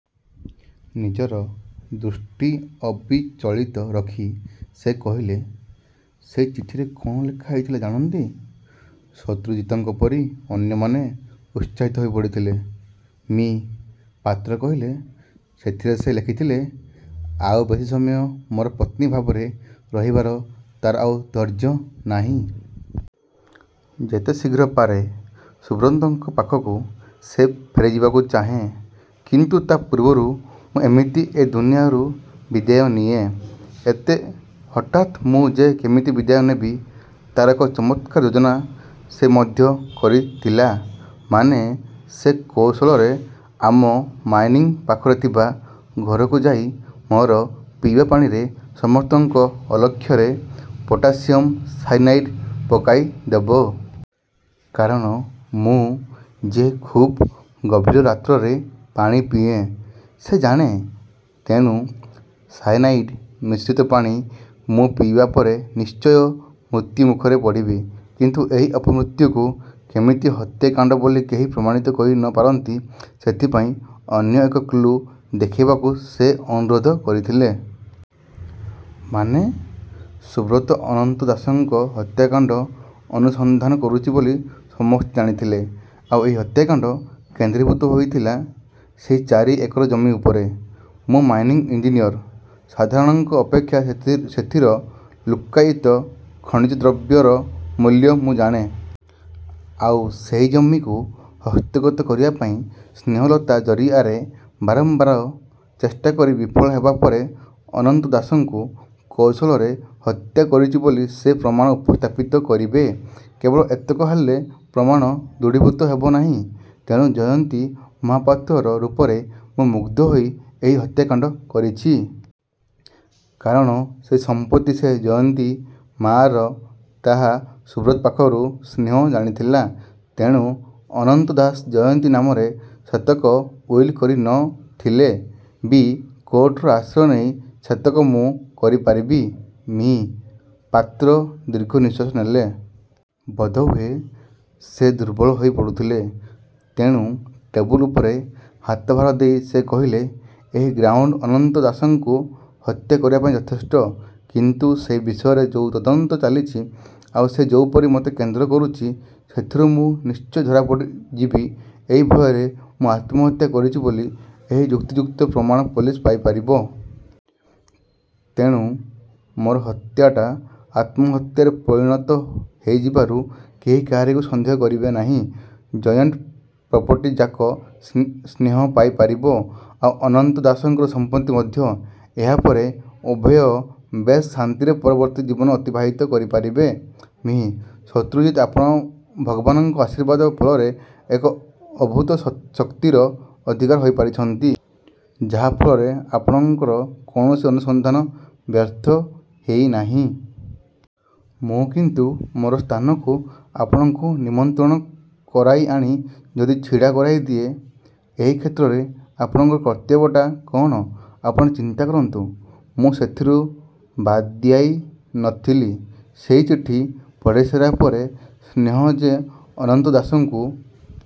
ନିଜର ଦୃଷ୍ଟି ଅବିଚଳିତ ରଖି ସେ କହିଲେ, 'ସେଇ ଚିଠିରେ କ'ଣ ଲେଖା ହେଇଥିଲା ଜାଣନ୍ତି? ' 'ଶତ୍ରୁଜିତଙ୍କ ପରି ଅନ୍ୟମାନେ ଉତ୍ସାହିତ ହେଇପଡ଼ିଥିଲେ। ମି:ପାତ୍ର କହିଲେ, 'ସେଥିରେ ସେ ଲେଖିଥିଲା—ଆଉ ବେଶୀ ସମୟ ମୋର ପତ୍ନୀ ଭାବରେ ରହିବାର ତାର ଆଉ ଧୈର୍ଯ୍ୟ ନାହିଁ। ଯେତେ ଶୀଘ୍ର ପାରେ ସୁବ୍ରତଙ୍କ ପାଖକୁ ସେ ଫେରିଯିବାକୁ ଚାହେଁ। କିନ୍ତୁ ତା' ପୂର୍ବରୁ ମୁଁ ଯେମିତି ଏ ଦୁନିଆରୁ ବିଦାୟ ନିଏଁ। ଏତେ ହଠାତ୍ ମୁଁ ଯେ କେମିତି ବିଦାୟ ନେବି, ତା'ର ଏକ ଚମତ୍କାର ଯୋଜନା ସେ ମଧ୍ୟ କରିଥିଲା। ମାନେ, ସେ କୌଶଳରେ ଆମ ମାଇନିଂ ପାଖରେ ଥିବା ଘରକୁ ଯାଇ ମୋର ପିଇବା ପାଣିରେ ସମସ୍ତଙ୍କ ଅଲକ୍ଷ୍ୟରେ ପୋଟାସିଅମ ସାଇନାଏଡ଼୍ ପକାଇଦେବ। କାରଣ ମୁଁ ଯେ ଖୁବ୍ ଗଭୀର ରାତ୍ରରେ ପାଣି ପିଏଁ, ସେ ଜାଣେ। ତେଣୁ ସାୟାନାଇଡ଼୍ ମିଶ୍ରିତ ପାଣି ମୁଁ ପିଇବା ପରେ ପରେ ନିଶ୍ଚୟ ମୃତ୍ୟୁ ମୁଖରେ ପଡ଼ିବି। କିନ୍ତୁ ଏଇ ଅପମୃତ୍ୟୁକୁ କେମିତି ହତ୍ୟାକାଣ୍ଡ ବୋଲି କେହି ପ୍ରମାଣିତ କରି ନ ପାରନ୍ତି ସେଥିପାଇଁ ଅନ୍ୟ ଏକ କ୍ଳୁ ଦେଖାଇବାକୁ ସେ ଅନୁରୋଧ କରିଥିଲା। ' 'ମାନେ? ' 'ସୁବ୍ରତ ଅନନ୍ତ ଦାସଙ୍କ ହତ୍ୟାକାଣ୍ଡ ଅନୁସନ୍ଧାନ କରୁଛି ବୋଲି ସମସ୍ତେ ଜାଣିଥିଲେ। ଆଉ ଏଇ ହତ୍ୟାକାଣ୍ଡ କେନ୍ଦ୍ରୀଭୂତ ହେଇଥିଲା ସେଇ ଚାରି ଏକର ଜମି ଉପରେ। ମୁଁ ମାଇନିଂ ଇଞ୍ଜିନିୟର। ସାଧାରଣଙ୍କ ଅପେକ୍ଷା ସେଥିର ଲୁକ୍କାୟିତ ଖଣିଜ ଦ୍ରବ୍ୟର ମୂଲ୍ୟ ମୁଁ ଜାଣେ। ଆଉ ସେଇ ଜମିକୁ ହସ୍ତଗତ କରିବାପାଇଁ ସ୍ନେହଲତା ଜରିଆରେ ବାରମ୍ବାର ଚେଷ୍ଟା କରି ବିଫଳ ହେବା ପରେ ଅନନ୍ତ ଦାସଙ୍କୁ କୌଶଳରେ ହତ୍ୟା କରିଛି ବୋଲି ସେ ପ୍ରମାଣ ଉପସ୍ଥାପିତ କରିବେ। କେବଳ ଏତକ ହେଲେ ପ୍ରମାଣ ଦୃଢ଼ୀଭୂତ ହେବ ନାହିଁ। ତେଣୁ ଜୟନ୍ତୀ ମହାପାତ୍ରର ରୂପରେ ମୁଁ ମୁଗ୍ଧ ହୋଇ ଏହି ହତ୍ୟାକାଣ୍ଡ କରିଛି। କାରଣ ସେଇ ସମ୍ପତ୍ତି ଯେ ଜୟନ୍ତୀ ମାଆର ତାହା ସୁବ୍ରତ ପାଖରୁ ସ୍ନେହ ଜାଣିଥିଲା। ତେଣୁ ଅନନ୍ତ ଦାସ ଜୟନ୍ତୀ ନାମରେ ସେତକ ଉଇଲ କରି ନ। ଥିଲେ ବି କୋର୍ଟର ଆଶ୍ରୟ ନେଇ ସେତକ ମୁଁ କରିପାରିବି। ମି: ପାତ୍ର ଦୀର୍ଘ ନିଶ୍ୱାସ ନେଲେ। ବୋଧହୁଏ ସେ ଦୁର୍ବଳ ହେଇପଡ଼ୁଥିଲେ। ତେଣୁ ଟେବୁଲ ଉପରେ ହାତଭାର ଦେଇ ସେ କହିଲେ,'ଏଇ ଗ୍ରାଉଣ୍ଡ ଅନନ୍ତ ଦାସଙ୍କୁ ହତ୍ୟା କରିବାପାଇଁ ଯଥେଷ୍ଟ। କିନ୍ତୁ ସେଇ ବିଷୟରେ ଯୋଉ ତଦନ୍ତ ଚାଲିଛି, ଆଉ ସେ ଯୋଉପରି ମୋତେ କେନ୍ଦ୍ର କରୁଛି, ସେଥିରୁ ମୁଁ ନିଶ୍ଚୟ ଧରାପଡ଼ିଯିବି ଏଇ ଭୟରେ ମୁଁ ଆତ୍ମହତ୍ୟା କରିଛି ବୋଲି ଏକ ଯୁକ୍ତିଯୁକ୍ତ ପ୍ରମାଣ ପୋଲିସ ପାଇପାରିବ। ତେଣୁ ମୋର ହତ୍ୟାଟା ଆତ୍ମହତ୍ୟାରେ ପରିଣତ ହେଇଯିବାରୁ କେହି କାହାରିକୁ ସନ୍ଦେହ କରିପାରିବେ ନାହିଁ। ଜଏଣ୍ଟ ପ୍ରପର୍ଟିଯାକ ସ୍ନେହ ପାଇପାରିବ, ଆଉ ଅନନ୍ତ ଦାସଙ୍କର ସମ୍ପତ୍ତି ମଧ୍ୟ। ଏହା ପରେ ଉଭୟେ ବେଶ୍ ଶାନ୍ତିରେ ପରବର୍ତ୍ତୀ ଜୀବନ ଅତିବାହିତ କରିପାରିବେ। 'ମି: ଶତ୍ରୁଜିତ ଆପଣ ଭଗବାନଙ୍କ ଆଶୀର୍ବାଦ ଫଳରେ ଏକ ଅଭୂତ ଶକ୍ତିର ଅଧିକାରୀ ହେଇପାରିଛନ୍ତି, ଯାହା ଫଳରେ ଆପଣଙ୍କର କୌଣସି ଅନୁସନ୍ଧାନ ବ୍ୟର୍ଥ ହେଇନାହିଁ। ମୁଁ କିନ୍ତୁ ମୋର ସ୍ଥାନକୁ ଆପଣଙ୍କୁ ନିମନ୍ତ୍ରଣ କରାଇଆଣି ଯଦି ଛିଡ଼ା କରାଇଦିଏ। ଏଇ କ୍ଷେତ୍ରରେ ଆପଣଙ୍କର କର୍ତ୍ତବ୍ୟଟା କ'ଣ ଆପଣ ଚିନ୍ତା କରନ୍ତୁ। ମୁଁ ସେଥିରୁ ବାଦ୍ଯାଇ ନ ଥିଲି। ସେଇ ଚିଠି ପଢ଼ିସାରିବାପରେ ସ୍ନେହ ଯେ ଅନନ୍ତ ଦାସଙ୍କୁ